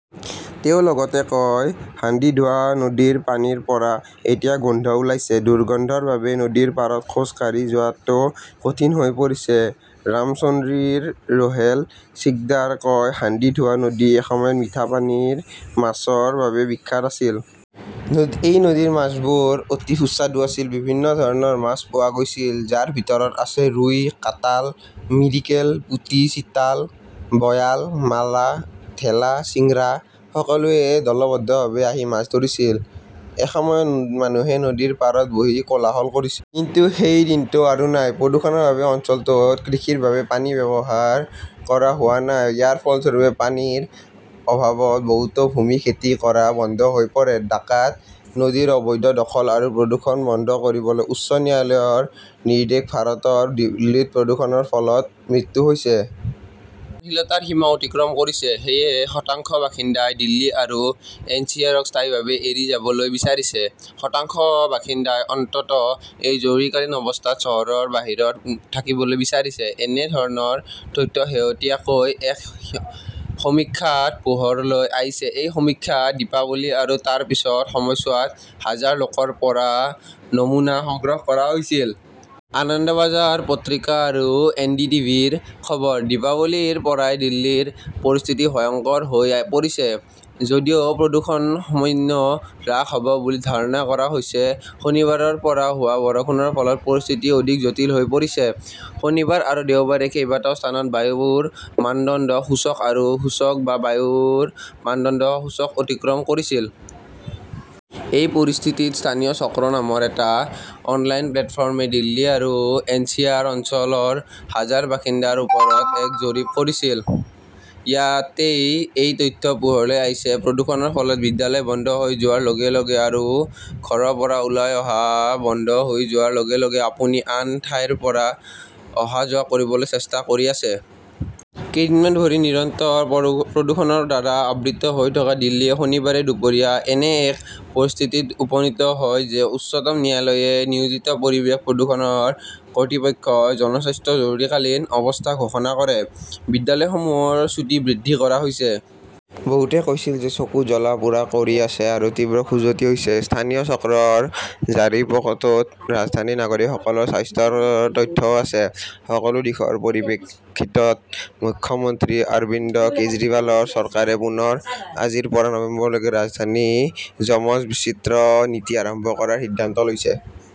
তেওঁ লগতে কয়, হাণ্ডিধোৱা নদীৰ পানীৰ পৰা এতিয়া গোন্ধ ওলাইছে। দুৰ্গন্ধৰ বাবে নদীৰ পাৰত খোজ কাঢ়ি যোৱাটো কঠিন হৈ পৰিছে। ৰামচন্দ্ৰীৰ ৰোহেল সিকদাৰে কয়, হাণ্ডিধোৱা নদী এসময়ত মিঠা পানীৰ মাছৰ বাবে বিখ্যাত আছিল। এই নদীৰ মাছবোৰ অতি সুস্বাদু আছিল। বিভিন্ন ধৰণৰ মাছ পোৱা গৈছিল, যাৰ ভিতৰত আছে ৰুই, কাটাল, মিৰিকেল, পুটি, চিতাল, বয়াল, মালা, ঢেলা, চিংৰা। সকলোৱে দলবদ্ধভাৱে আহি মাছ ধৰিছিল। এসময়ত মানুহে নদীৰ পাৰত বহি কোলাহল কৰিছিল। কিন্তু সেই দিনটো আৰু নাই। প্ৰদূষণৰ বাবে অঞ্চলটোত কৃষিৰ বাবে পানী ব্যৱহাৰ কৰা হোৱা নাই। ইয়াৰ ফলস্বৰূপে পানীৰ অভাৱত বহুতো ভূমি খেতি কৰা বন্ধ হৈ পৰে। ডাকাত নদীৰ অবৈধ দখল আৰু প্ৰদূষণ বন্ধ কৰিবলৈ উচ্চ ন্যায়ালয়ৰ নিৰ্দেশ ভাৰতৰ দিল্লীত প্ৰদূষণৰ ফলত মৃত্যু হৈছে। সহনশীলতাৰ সীমা অতিক্ৰম কৰিছে। সেয়েহে, শতাংশ বাসিন্দাই দিল্লী আৰু এনচিআৰক স্থায়ীভাৱে এৰি যাবলৈ বিচাৰিছে। শতাংশ বাসিন্দাই অন্তত এই জৰুৰীকালীন অৱস্থাত চহৰৰ বাহিৰত থাকিবলৈ বিচাৰিছে। এনে ধৰণৰ তথ্য শেহতীয়াকৈ এক সমীক্ষাত পোহৰলৈ আহিছে। এই সমীক্ষাত দীপাৱলী আৰু তাৰ পিছৰ সময়ছোৱাত হাজাৰ লোকৰ পৰা নমুনা সংগ্ৰহ কৰা হৈছিল। আনন্দবাজাৰ পত্ৰিকা আৰু এনডিটিভিৰ খবৰ। দীপাৱলীৰ পৰাই দিল্লীৰ পৰিস্থিতি ভয়ংকৰ হৈ পৰিছে। যদিও প্ৰদূষণ সামান্য হ্ৰাস হ'ব বুলি ধাৰণা কৰা হৈছে, শনিবাৰৰ পৰা হোৱা বৰষুণৰ ফলত পৰিস্থিতি অধিক জটিল হৈ পৰিছে। শনিবাৰ আৰু দেওবাৰে কেইবাটাও স্থানত বায়ুৰ মানদণ্ড সূচক আৰু সূচক বা বায়ুৰ মানদণ্ড সূচক অতিক্ৰম কৰিছিল। এই পৰিস্থিতিত স্থানীয় চক্ৰ নামৰ এটা অনলাইন প্লেটফৰ্মে দিল্লী আৰু এনচিআৰ অঞ্চলৰ হাজাৰ বাসিন্দাৰ ওপৰত এক জৰীপ কৰিছিল। ইয়াতেই এই তথ্য পোহৰলৈ আহিছে। প্ৰদূষণৰ ফলত বিদ্যালয় বন্ধ হৈ যোৱাৰ লগে লগে আৰু ঘৰৰ পৰা ওলাই অহা বন্ধ হৈ যোৱাৰ লগে লগে, আপুনি আন ঠাইৰ পৰা অহা-যোৱা কৰিবলৈ চেষ্টা কৰি আছে। কেইদিনমান ধৰি নিৰন্তৰ বৰষু প্ৰদূষণৰ দ্বাৰা আবৃত হৈ থকা দিল্লীয়ে শনিবাৰে দুপৰীয়া এনে এক পৰিস্থিতিত উপনীত হয় যে উচ্চতম ন্যায়ালয়ে নিয়োজিত পৰিৱেশ প্ৰদূষণৰ কৰ্তৃপক্ষই জনস্বাস্থ্য জৰুৰীকালীন অৱস্থা ঘোষণা কৰে। বিদ্যালয়সমূহৰ ছুটী বৃদ্ধি কৰা হৈছে। বহুতে কৈছিল যে চকু জ্বলা-পোৰা কৰি আছে আৰু তীব্ৰ খজুৱতি হৈছে। স্থানীয় চক্ৰৰ জৰীপটোত ৰাজধানীৰ নাগৰিকসকলৰ স্বাস্থ্যৰ তথ্যও আছে। সকলো দিশৰ পৰিপ্ৰেক্ষিতত, মুখ্যমন্ত্ৰী অৰবিন্দ কেজৰিৱালৰ চৰকাৰে পুনৰ আজিৰ পৰা নৱেম্বৰলৈকে ৰাজধানীত যমজ-বিচিত্ৰ নীতি আৰম্ভ কৰাৰ সিদ্ধান্ত লৈছে।